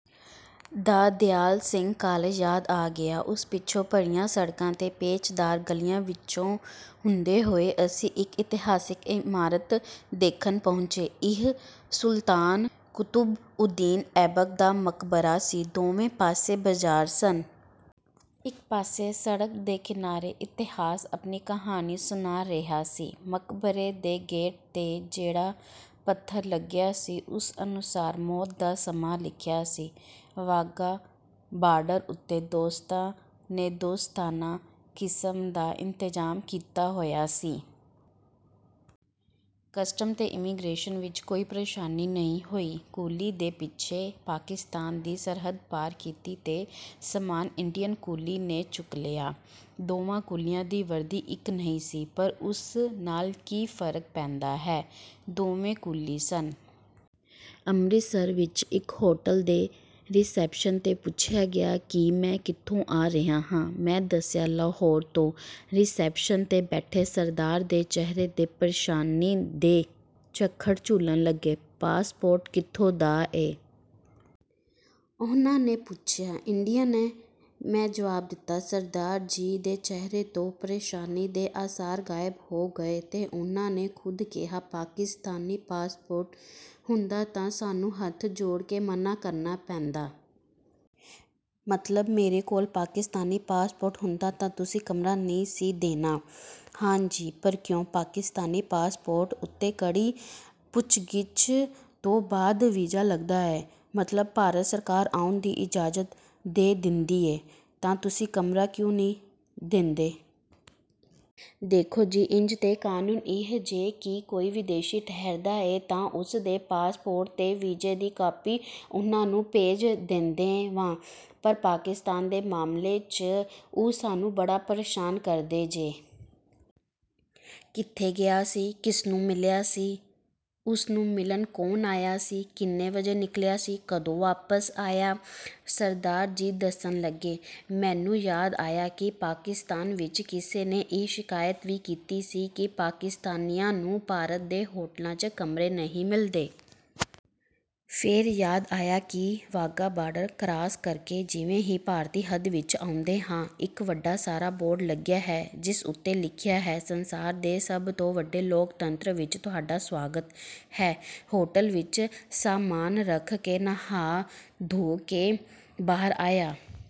ਦਾ Dyal Singh college ਯਾਦ ਆ ਗਿਆ। ਉਸ ਪਿੱਛੋਂ ਭਰੀਆਂ ਸੜਕਾਂ ਤੇ ਪੇਚਦਾਰ ਗਲੀਆਂ ਵਿਚੋਂ ਹੁੰਦੇ ਹੋਏ ਅਸੀਂ ਇਕ ਇਤਿਹਾਸਕ ਇਮਾਰਤ ਦੇਖਣ ਪਹੁੰਚੇ। ਇਹ ਸੁਲਤਾਨ ਕੁਤੁਬਉੱਦੀਨ ਐਬਕ ਦਾ ਮਕਬਰਾ ਸੀ। ਦੋਵੇਂ ਪਾਸੇ ਬਾਜ਼ਾਰ ਸਨ। ਇਕ ਪਾਸੇ ਸੜਕ ਦੇ ਕਿਨਾਰੇ ਇਤਿਹਾਸ ਆਪਣੀ ਕਹਾਣੀ ਸੁਣਾ ਰਿਹਾ ਸੀ। ਮਕਬਰੇ ਦੇ ਗੇਟ 'ਤੇ ਜਿਹੜਾ ਪੱਥਰ ਲੱਗਿਆ ਸੀ, ਉਸ ਅਨੁਸਾਰ ਮੌਤ ਦਾ ਸਮਾਂ ਲਿਖਿਆ ਸੀ। ਵਾਘਾ ਬਾਰਡਰ ਉੱਤੇ ਦੋਸਤਾਂ ਨੇ 'ਦੋਸਤਾਨਾ ਕਿਸਮ' ਦਾ ਇੰਤਜ਼ਾਮ ਕੀਤਾ ਹੋਇਆ ਸੀ। ਕਸਟਮ ਤੇ ਇਮੀਗ੍ਰੇਸ਼ਨ ਵਿਚ ਕੋਈ ਪ੍ਰੇਸ਼ਾਨੀ ਨਹੀਂ ਹੋਈ। ਕੁਲੀ ਦੇ ਪਿੱਛੇ ਪਾਕਿਸਤਾਨ ਦੀ ਸਰਹੱਦ ਪਾਰ ਕੀਤੀ ਤੇ ਸਮਾਨ ਇੰਡੀਅਨ ਕੁਲੀ ਨੇ ਚੁੱਕ ਲਿਆ। ਦੋਵਾਂ ਕੁਲੀਆਂ ਦੀ ਵਰਦੀ ਇਕ ਨਹੀਂ ਸੀ, ਪਰ ਉਸ ਨਾਲ ਕੀ ਫ਼ਰਕ ਪੈਂਦਾ ਹੈ—ਦੋਵੇਂ ਕੁਲੀ ਸਨ। ਅੰਮ੍ਰਿਤਸਰ ਵਿਚ ਇਕ ਹੋਟਲ ਦੇ ਰਿਸੈਪਸ਼ਨ 'ਤੇ ਪੁੱਛਿਆ ਗਿਆ ਕਿ ਮੈਂ ਕਿੱਥੋਂ ਆ ਰਿਹਾ ਹਾਂ। ਮੈਂ ਦੱਸਿਆ, "ਲਾਹੌਰ ਤੋਂ।" ਰਿਸੈਪਸ਼ਨ 'ਤੇ ਬੈਠੇ ਸਰਦਾਰ ਦੇ ਚਿਹਰੇ 'ਤੇ ਪ੍ਰੇਸ਼ਾਨੀ ਦੇ ਝੱਖੜ ਝੁੱਲਣ ਲੱਗੇ। "ਪਾਸਪੋਰਟ ਕਿੱਥੋਂ ਦਾ ਏ?" ਉਹਨਾਂ ਨੇ ਪੁੱਛਿਆ। "ਇੰਡੀਅਨ ਏਂ।" ਮੈਂ ਜਵਾਬ ਦਿੱਤਾ। ਸਰਦਾਰ ਜੀ ਦੇ ਚਿਹਰੇ ਤੋਂ ਪ੍ਰੇਸ਼ਾਨੀ ਦੇ ਆਸਾਰ ਗ਼ਾਇਬ ਹੋ ਗਏ ਤੇ ਉਹਨਾਂ ਨੇ ਖ਼ੁਦ ਕਿਹਾ, "ਪਾਕਿਸਤਾਨੀ ਪਾਸਪੋਰਟ ਹੁੰਦਾ ਤਾਂ ਸਾਨੂੰ ਹੱਥ ਜੋੜ ਕੇ ਮਨ੍ਹਾਂ ਕਰਨਾ ਪੈਂਦਾ।" "ਮਤਲਬ ਮੇਰੇ ਕੋਲ ਪਾਕਿਸਤਾਨੀ ਪਾਸਪੋਰਟ ਹੁੰਦਾ ਤਾਂ ਤੁਸੀਂ ਕਮਰਾ ਨਹੀਂ ਸੀ ਦੇਣਾ?" "ਹਾਂ ਜੀ।" "ਪਰ ਕਿਉਂ? ਪਾਕਿਸਤਾਨੀ ਪਾਸਪੋਰਟ ਉੱਤੇ ਕਰੜੀ ਪੁੱਛਗਿੱਛ ਤੋਂ ਬਾਅਦ ਵੀਜ਼ਾ ਲੱਗਦਾ ਏ। ਮਤਲਬ ਭਾਰਤ ਸਰਕਾਰ ਆਉਣ ਦੀ ਇਜਾਜ਼ਤ ਦੇ ਦੇਂਦੀ ਏ, ਤਾਂ ਤੁਸੀਂ ਕਮਰਾ ਕਿਉਂ ਨਹੀਂ ਦੇਂਦੇ?" "ਦੇਖੋ ਜੀ ਇੰਜ ਏਕਾਨੂੰਨ ਇਹ ਜੇ ਕਿ ਕੋਈ ਵਿਦੇਸ਼ੀ ਠਹਿਰਦਾ ਏ ਤਾਂ ਉਸਦੇ ਪਾਸਪੋਰਟ ਤੇ ਵੀਜ਼ੇ ਦੀ ਕਾਪੀ 'ਉਹਨਾਂ' ਨੂੰ ਭੇਜ ਦੇਂਦੇ ਵਾਂ। ਪਰ ਪਾਕਿਸਤਾਨ ਦੇ ਮਾਮਲੇ 'ਚ 'ਉਹ' ਸਾਨੂੰ ਬੜਾ ਪ੍ਰੇਸ਼ਾਨ ਕਰਦੇ ਜੇ। ਕਿੱਥੇ ਗਿਆ ਸੀ? ਕਿਸਨੂੰ ਮਿਲਿਆ ਸੀ? ਉਸਨੂੰ ਮਿਲਣ ਕੌਣ ਆਇਆ ਸੀ?... ਕਿੰਨੇ ਵਜੇ ਨਿਕਲਿਆ ਸੀ? ਕਦੋਂ ਵਾਪਸ ਆਇਆ...?" ਸਰਦਾਰ ਜੀ ਦੱਸਣ ਲੱਗੇ। ਮੈਨੂੰ ਯਾਦ ਆਇਆ ਕਿ ਪਾਕਿਸਤਾਨ ਵਿਚ ਕਿਸੇ ਨੇ ਇਹ ਸ਼ਿਕਾਇਤ ਵੀ ਕੀਤੀ ਸੀ ਕਿ ਪਾਕਿਸਤਾਨੀਆਂ ਨੂੰ ਭਾਰਤ ਦੇ ਹੋਟਲਾਂ 'ਚ ਕਮਰੇ ਨਹੀਂ ਮਿਲਦੇ। ਫੇਰ ਯਾਦ ਆਇਆ ਕਿ ਵਾਘਾ ਬਾਰਡਰ ਕਰਾਸ ਕਰਕੇ, ਜਿਵੇਂ ਹੀ ਭਾਰਤੀ ਹੱਦ ਵਿਚ ਆਉਂਦੇ ਹਾਂ, ਇਕ ਵੱਡਾ ਸਾਰਾ ਬੋਰਡ ਲੱਗਿਆ ਹੈ, ਜਿਸ ਉੱਤੇ ਲਿਖਿਆ ਹੈ—'ਸੰਸਾਰ ਦੇ ਸਭ ਤੋਂ ਵੱਡੇ ਲੋਕਤੰਤਰ ਵਿਚ ਤੁਹਾਡਾ ਸਵਾਗਤ ਹੈ।' ਹੋਟਲ ਵਿਚ ਸਾਮਾਨ ਰੱਖ ਕੇ, ਨਹਾਅ-ਧੋ ਕੇ ਬਾਹਰ ਆਇਆ।